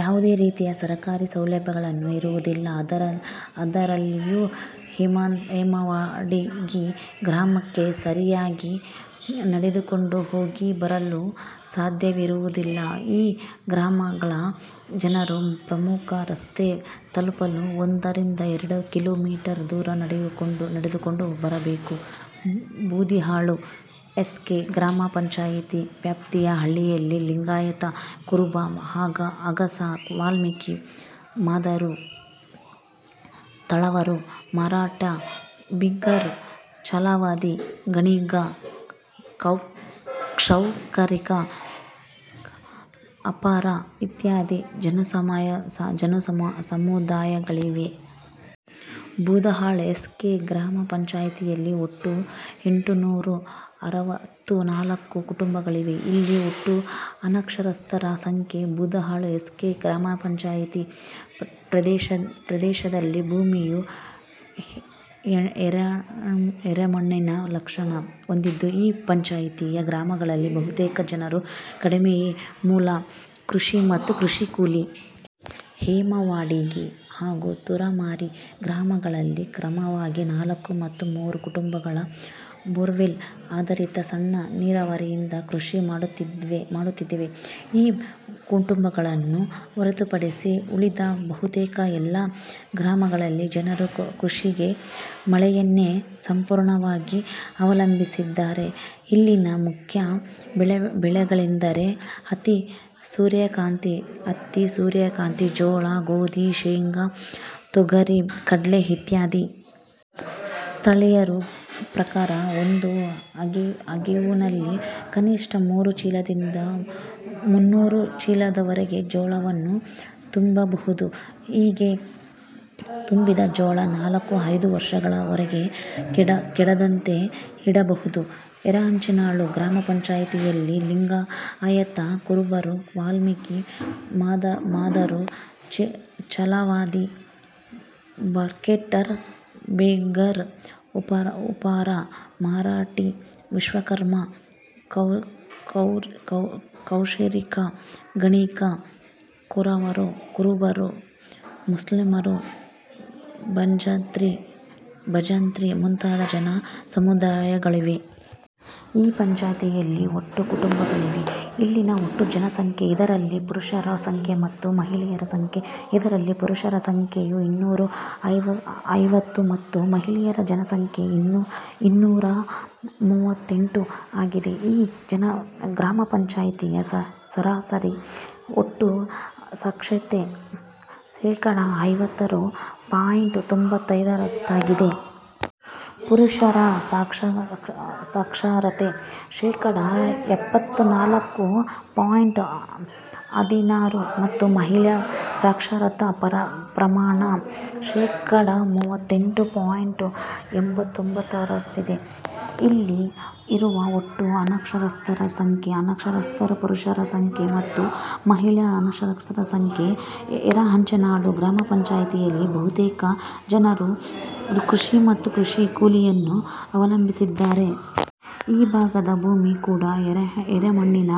ಯಾವುದೇ ರೀತಿಯ ಸಾರಿಗೆ ಸೌಲಭ್ಯಗಳು ಇರುವುದಿಲ್ಲ. ಅದರಲ್ಲಿಯೂ ಹೇಮವಾಡಗಿ ಗ್ರಾಮಕ್ಕೆ ಸರಿಯಾಗಿ ನಡೆದುಕೊಂಡು ಹೋಗಿ ಬರಲು ರಸ್ತೆ ಇರುವುದಿಲ್ಲ. ಈ ಗ್ರಾಮಗಳ ಜನರು ಪ್ರಮುಖ ರಸ್ತೆ ತಲುಪಲು ಒಂದರಿಂದ ಎರಡು ಕಿಲೋ ಮೀಟರ್ ದೂರ ನಡೆದುಕೊಂಡು ಬರಬೇಕು. ಬೂದಿಹಾಳ ಎಸ್. ಕೆ. ಗ್ರಾಮಪಂಚಾಯತಿ ವ್ಯಾಪ್ತಿಯ ಹಳ್ಳಿಗಳಲ್ಲಿ ಲಿಂಗಾಯತ ಕುರುಬ, ಅಗಸ, ವಾಲ್ಮೀಕಿ, ಮಾದರು, ತಳವಾರ, ಮರಾಠ, ಬೇಗಾರ್, ಚಲವಾದಿ, ಗಾಣಿಗ, ಕ್ಷೌರಿಕ, ಉಪ್ಪಾರ ಇತ್ಯಾದಿ ಜನಸಮುದಾಯಗಳಿವೆ. ಬೂದಿಹಾಳ ಎಸ್. ಕೆ. ಗ್ರಾಮಪಂಚಾಯತಿಯಲ್ಲಿ ಒಟ್ಟು ಎಂಟುನುರ ಅರವತ್ತ ನಾಲ್ಕು ಕುಟುಂಬಗಳಿವೆ. ಇಲ್ಲಿನ ಒಟ್ಟು ಅನಕ್ಷರಸ್ಥರ ಸಂಖ್ಯೆ. ಬೂದಿಹಾಳ ಎಸ್. ಕೆ. ಗ್ರಾಮಪಂಚಾಯತಿ ಪ್ರದೇಶದಲ್ಲಿ ಭೂಮಿಯು ಯರೇಮಣ್ಣಿನ ಲಕ್ಷಣ ಹೊಂದಿದೆ. ಈ ಪಂಚಾಯತಿಯ ಗ್ರಾಮಗಳಲ್ಲಿ ಬಹುತೇಕ ಜನರ ದುಡಿಮೆಯೆ ಮೂಲ ಕೃಷಿ ಮತ್ತು ಕೃಷಿ ಕೂಲಿ. ಹೇಮವಾಡಗಿ ಹಾಗೂ ತೂರಮರಿ ಗ್ರಾಮಗಳಲ್ಲಿ ಕ್ರಮವಾಗಿ ನಾಲ್ಕು ಮತ್ತು ಮೂರು ಕುಟುಂಬಗಳು ಬೋರ್ವೇಲ್ ಆಧಾರಿತ ಸಣ್ಣ ನೀರಾವರಿಯಿಂದ ಕೃಷಿ ಮಾಡುತ್ತಿವೆ. ಈ ಕುಟುಂಬಗಳನ್ನು ಹೊರತುಪಡಿಸಿ ಉಳಿದ ಬಹುತೇಕ ಎಲ್ಲಾ ಗ್ರಾಮಗಳಲ್ಲಿ ಜನರು ಕೃಷಿಗೆ ಮಳೆಯನ್ನೆ ಸಂಪೂರ್ಣವಾಗಿ ಅವಲಂಬಿಸಿದ್ದಾರೆ. ಇಲ್ಲಿನ ಮುಖ್ಯ ಬೆಳೆಗಳೆಂದರೆ, ಹತ್ತಿ, ಸೂರ್ಯಕಾಂತಿ, ಜೋಳ, ಗೋಧಿ, ಶೇಂಗಾ, ತೊಗರಿ, ಕಡ್ಲೆ ಇತ್ಯಾದಿ. ಸ್ಥಳೀಯರ ಪ್ರಕಾರ ಒಂದು ಅಗೇವುನಲ್ಲಿ ಕನಿಷ್ಟ ನೂರು ಚೀಲದಿಂದ ಮುನ್ನೂರು ಚೀಲದವರೆಗೆ ಜೋಳವನ್ನು ತುಂಬಬಹುದು. ಹೀಗೆ ತುಂಬಿದ ಜೋಳ ನಾಲ್ಕು, ಐದು ವರ್ಷಗಳವರೆಗೆ ಕೆಡದಂತೆ ಇಡಬಹುದು. ಯರೇಹಂಚಿನಾಳ ಗ್ರಾಮಪಂಚಾಯತಿಯಲ್ಲಿ ಲಿಂಗಾಯತ ಕುರುಬ, ವಾಲ್ಮೀಕಿ, ಮಾದರು, ಚಲವಾದಿ, ಬಾರ್ಕೇರ್, ಬೇಗಾರ್, ಉಪ್ಪಾರ, ಮರಾಠಿ, ವಿಶ್ವಕರ್ಮ, ಕ್ಷೌರಿಕ, ಗಾಣಿಗ, ಕೊರವರು, ಮುಸ್ಲಿಮರು, ಬಜಂತ್ರಿ ಮುಂತಾದ ಜನ ಸಮುದಾಯಗಳಿವೆ. ಈ ಪಂಚಾಯತಿಯಲ್ಲಿ ಒಟ್ಟು ಕುಟುಂಬಗಳಿವೆ. ಇಲ್ಲಿನ ಒಟ್ಟು ಜನಸಂಖ್ಯೆ. ಇದರಲ್ಲಿ ಪುರುಷರ ಸಂಖ್ಯೆ ಮತ್ತು ಮಹಿಳೆಯರ ಸಂಖ್ಯೆ. ಇದರಲ್ಲಿ ಪುರುಷರ ಜನಸಂಖ್ಯೆ ಇನ್ನೂರ ಐವತ್ತು ಮತ್ತು ಮಹಿಳೆಯರ ಜನಸಂಖ್ಯೆ ಇನ್ನೂರ ಮೂವತ್ತೆಂಟು ಆಗಿದೆ. ಈ ಗ್ರಾಮಪಂಚಾಯತಿಯ ಸರಾಸರಿ ಒಟ್ಟು ಸಾಕ್ಷರತೆ ಶೇಕಡ ಐವತ್ತಾರು ಪಾಯಿಂಟ್ ತೊಂಭತ್ತೊಂದರಷ್ಟಿದೆ. ಪುರುಷರ ಸಾಕ್ಷರತೆ ಶೇಕಡ ಎಪ್ಪತ್ತ ನಾಲ್ಕು ಪಾಯಿಂಟ್ ಹದಿನಾರು ಮತ್ತು ಮಹಿಳಾ ಸಾಕ್ಷರತಾ ಪ್ರಮಾಣ ಶೇಕಡ ಮೂವತ್ತೆಂಟು ಪಾಯಿಂಟ್ ಎಂಭತ್ತೊಂಭತ್ತರಷ್ಟಿದೆ ಇಲ್ಲಿ ಇರುವ ಒಟ್ಟು ಅನಕ್ಷರಸ್ಥರ ಸಂಖ್ಯೆ ಅನಕ್ಷರಸ್ಥ ಪುರುಷರ ಸಂಖ್ಯೆ ಮತ್ತು ಮಹಿಳಾ ಅನಕ್ಷರಸ್ಥರ ಸಂಖ್ಯೆ. ಯರೇಹಂಚಿನಾಳ ಗ್ರಾಮಪಂಚಾಯತಿಯಲ್ಲಿ ಬಹುತೇಕ ಜನರು ಕೃಷಿ ಮತ್ತು ಕೃಷಿ ಕೂಲಿಯನ್ನು ಅವಲಂಬಿಸಿದ್ದಾರೆ. ಈ ಭಾಗದ ಭೂಮಿ ಕೂಡ ಯರೇಮಣ್ಣಿನ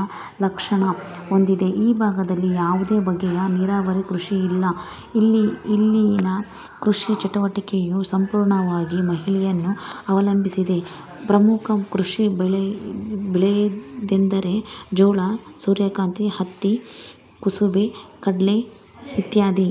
ಲಕ್ಷಣ ಹೊಂದಿದೆ. ಈ ಭಾಗದಲ್ಲಿ ಯಾವುದೇ ಬಗೆಯ ನೀರಾವರಿ ಕೃಷಿ ಇಲ್ಲ. ಇಲ್ಲಿನ ಕೃಷಿ ಚಟುವಟಿಕೆಯು ಸಂಪೂರ್ಣವಾಗಿ ಮಳೆಯನ್ನು ಅವಲಂಬಿಸಿದೆ. ಪ್ರಮುಖ ಕೃಷಿ ಬೆಳೆಯೆಂದರೆ ಜೋಳ, ಸೂರ್ಯಕಾಂತಿ, ಹತ್ತಿ, ಕುಸುಬೆ, ಕಡ್ಲೆ ಇತ್ಯಾದಿ.